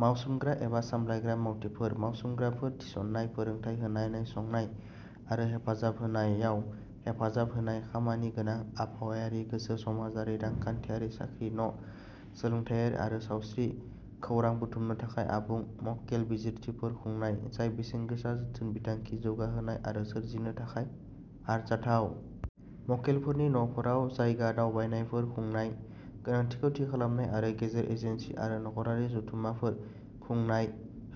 मावसोमग्रा एबा सामलायग्रा मावथिफोर। मावसोमग्राफोर थिसननाय, फोरोंथाय होनाय, नायसंनाय आरो हेफाजाब होनायाव हेफाजाब होनाय। खामानिगोनां, आबहावायारि, गोसो-समाजारि, रांखान्थियारि, साख्रि, न ', सोलोंथायारि आरो सावस्रि खौरां बुथुमनो थाखाय आबुं मक्केल बिजिरथिफोर खुंनाय, जाय बेसेनगोसा जोथोन बिथांखि जौगाहोनाय आरो सोरजिनो थाखाय आरजाथाव। मक्केलफोरनि न'फोराव जायगा दावबायनायफोर खुंनाय। गोनांथिखौ थि खालामनाय आरो गेजेर-एजेन्सि आरो नखरारि जथुममाफोर खुंनाय।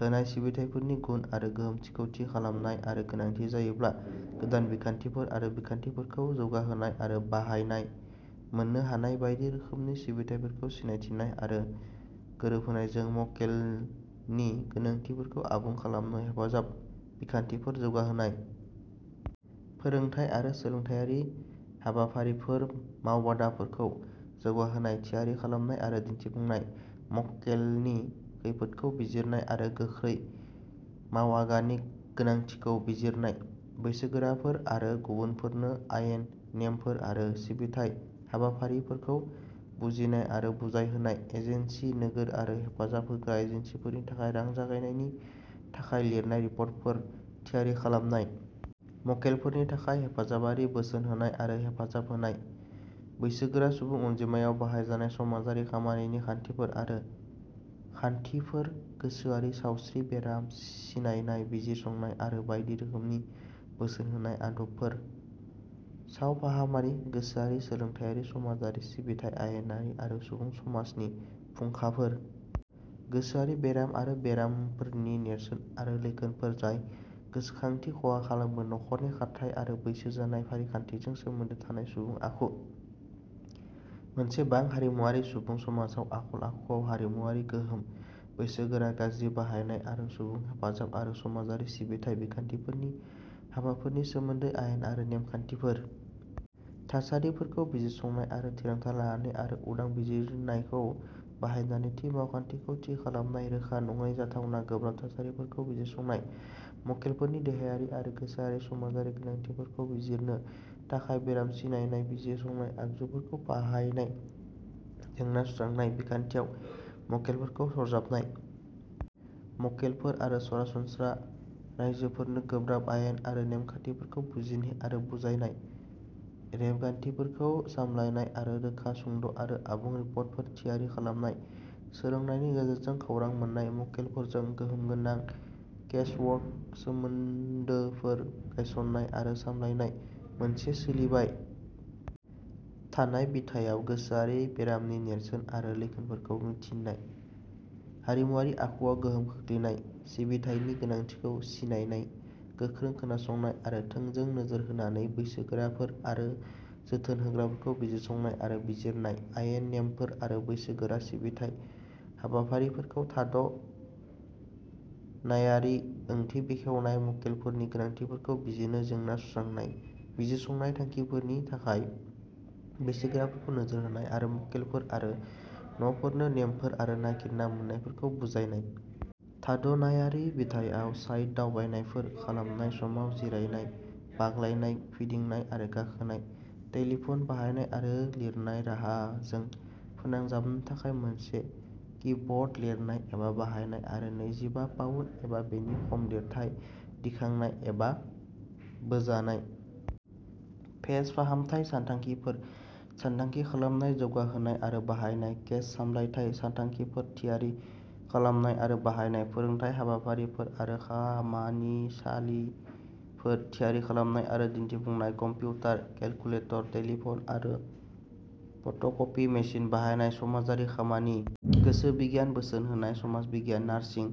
होनाय सिबिथाइफोरनि गुन आरो गोहोमथिखौ थि खालामनाय आरो गोनांथि जायोब्ला, गोदान बिखान्थिफोर आरो बिखान्थिफोरखौ जौगाहोनाय आरो बाहायनाय। मोननो हानाय बायदि रोखोमनि सिबिथाइफोरखौ सिनायथिनाय आरो गोरोबहोनायजों मक्केलनि गोनांथिफोरखौ आबुं खालामनो हेफाजाब बिखान्थिफोर जौगाहोनाय। फोरोंथाय आरो सोलोंथायारि हाबाफारिफोर मावबादाफोरखौ जौगाहोनाय, थियारि खालामनाय आरो दिन्थिफुंनाय। मक्केलनि खैफोदखौ बिजिरनाय आरो गोख्रै मावआगाननि गोनांथिखौ बिजिरनाय। बैसोगोराफोर आरो गुबुनफोरनो आयेन, नेमफोर आरो सिबिथाइ हाबाफारिफोरखौ बुजिनाय आरो बुजायहोनाय। एजेन्सि, नोगोर आरो हेफाजाब होग्रा एजेन्सिफोरनि थाखाय रां जगायनायनि थाखाय लिरनाय रिपर्टफोर थियारि खालामनाय। मक्केलफोरनि थाखाय हेफाजाबारि बोसोन होनाय आरो हेफाजाब होनाय। बैसोगोरा सुबुं अनजिमायाव बाहायजानाय समाजारि खामानिनि खान्थिफोर आरो खान्थिफोर गोसोआरि सावस्रि, बेराम सिनायनाय बिजिरसंनाय आरो बायदि रोखोमनि बोसोन होनाय आदबफोर। सावफाहामारि, गोसोआरि, सोलोंथायारि, समाजारि सिबिथाइ, आयेनारि आरो सुबुं समाजनि फुंखाफोर। गोसोआरि बेराम आरो बेरामफोरनि नेरसोन आरो लैखोनफोर जाय गोसोखांथि खहा खालामो; नखरनि खारथाइ, आरो बैसो जानाय फारिखान्थिजों सोमोन्दो थानाय सुबुं आखु। मोनसे बां-हारिमुआरि सुबुं समाजाव आखल-आखुआव हारिमुआरि गोहोम। बैसोगोरा गाज्रि बाहायनाय आरो सुबुं हेफाजाब आरो समाजारि सिबिथाइ बिखान्थिफोरनि हाबाफोरनि सोमोन्दै आयेन आरो नेम-खान्थिफोर। थासारिफोरखौ बिजिरसंनाय आरो थिरांथा लानानै आरो उदां बिजिरनायखौ बाहायनानै थि मावखान्थिखौ थि खालामनाय। रोखा नङै, जाथावना गोब्राब थासारिफोरखौ बिजिरसंनाय; मक्केलफोरनि देहायारि आरो गोसोआरि समाजारि गोनांथिफोरखौ बिजिरनो थाखाय बेराम सिनायनाय बिजिरसंनाय आगजुफोरखौ बाहायनाय। जेंना सुस्रांनाय बिखान्थियाव मक्केलफोरखौ सरजाबनाय। मक्केलफोर आरो सरासनस्रा राइजोफोरनो गोब्राब आयेन आरो नेमखान्थिफोरखौ बुजिनाय आरो बुजायनाय। रेबगान्थिफोरखौ सामलायनाय आरो रोखा, सुंद'आरो आबुं रिपर्टफोर थियारि खालामनाय। सोंनायनि गेजेरजों खौरां मोन्नाय; मक्केलफोरजों गोहोमगोनां केसवर्क सोमोन्दोफोर गायसन्नाय आरो सामलायनाय। मोनसे सोलिबाय थानाय बिथायाव, गोसोआरि बेरामनि नेरसोन आरो लैखोनफोरखौ मिन्थिनाय; हारिमुआरि आखुआव गोहोम खोख्लैनाय; सिबिथायनि गोनांथिखौ सिनायनाय; गोख्रों खोनासंनाय आरो थोंजों नोजोर होनानै बैसोगोराफोर आरो जोथोन होग्राफोरखौ बिजिरसंनाय आरो बिजिरनाय; आयेन, नेमफोर आरो बैसोगोरा सिबिथाइ हाबाफारिफोरखौ थाद नायारि ओंथि बेखेवनाय; मक्केलफोरनि गोनांथिफोरखौ बिजिरनो जेंना सुस्रांनाय; बिजिरसंनाय थांखिफोरनि थाखाय बैसोगोराफोरखौ नोजोर होनाय; आरो मक्केलफोर आरो नखरफोरनो नेमफोर आरो नागिरना मोन्नायफोरखौ बुजायनाय। थाद नायारि बिथायाव, साइट दावबायनायफोर खालामनाय समाव जिरायनाय, बाग्लायनाय, फिदिंनाय आरो गाखोनाय; टेलिफन बाहायनाय, आरो लिरनाय राहाजों फोनांजाबनो थाखाय मोनसे कीबर्ड लिरनाय एबा बाहायनाय; आरो नैजिबा पाउन्द एबा बेनि खम लिरथाय दिखांनाय एबा बोजानाय। केस फाहामथाय सानथांखिफोर सानथांखि खालामनाय, जौगाहोनाय, आरो बाहायनाय। केस सामलायथाय सानथांखिफोर थियारि खालामनाय आरो बाहायनाय। फोरोंथाय हाबाफारिफोर आरो खामानिसालिफोर थियारि खालामनाय आरो दिन्थिफुंनाय। कम्पिउटार, केलकुलेटर, टेलिफन आरो फट कपि मेसिन बाहायनाय समाजारि खामानि, गोसो बिगियान, बोसोन होनाय, समाज बिगियान, नार्सिं,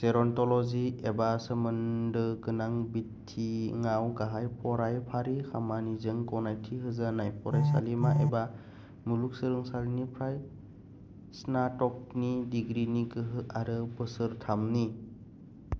जेरन्ट'लजि एबा सोमोन्दो गोनां बिथिङाव गाहाय फरायफारि खामानिजों गनायथि होजानाय फरायसालिमा एबा मुलुग सोलोंसालिनिफ्राय स्नातकनि डिग्रीनि गोहो आरो बोसोरथामनि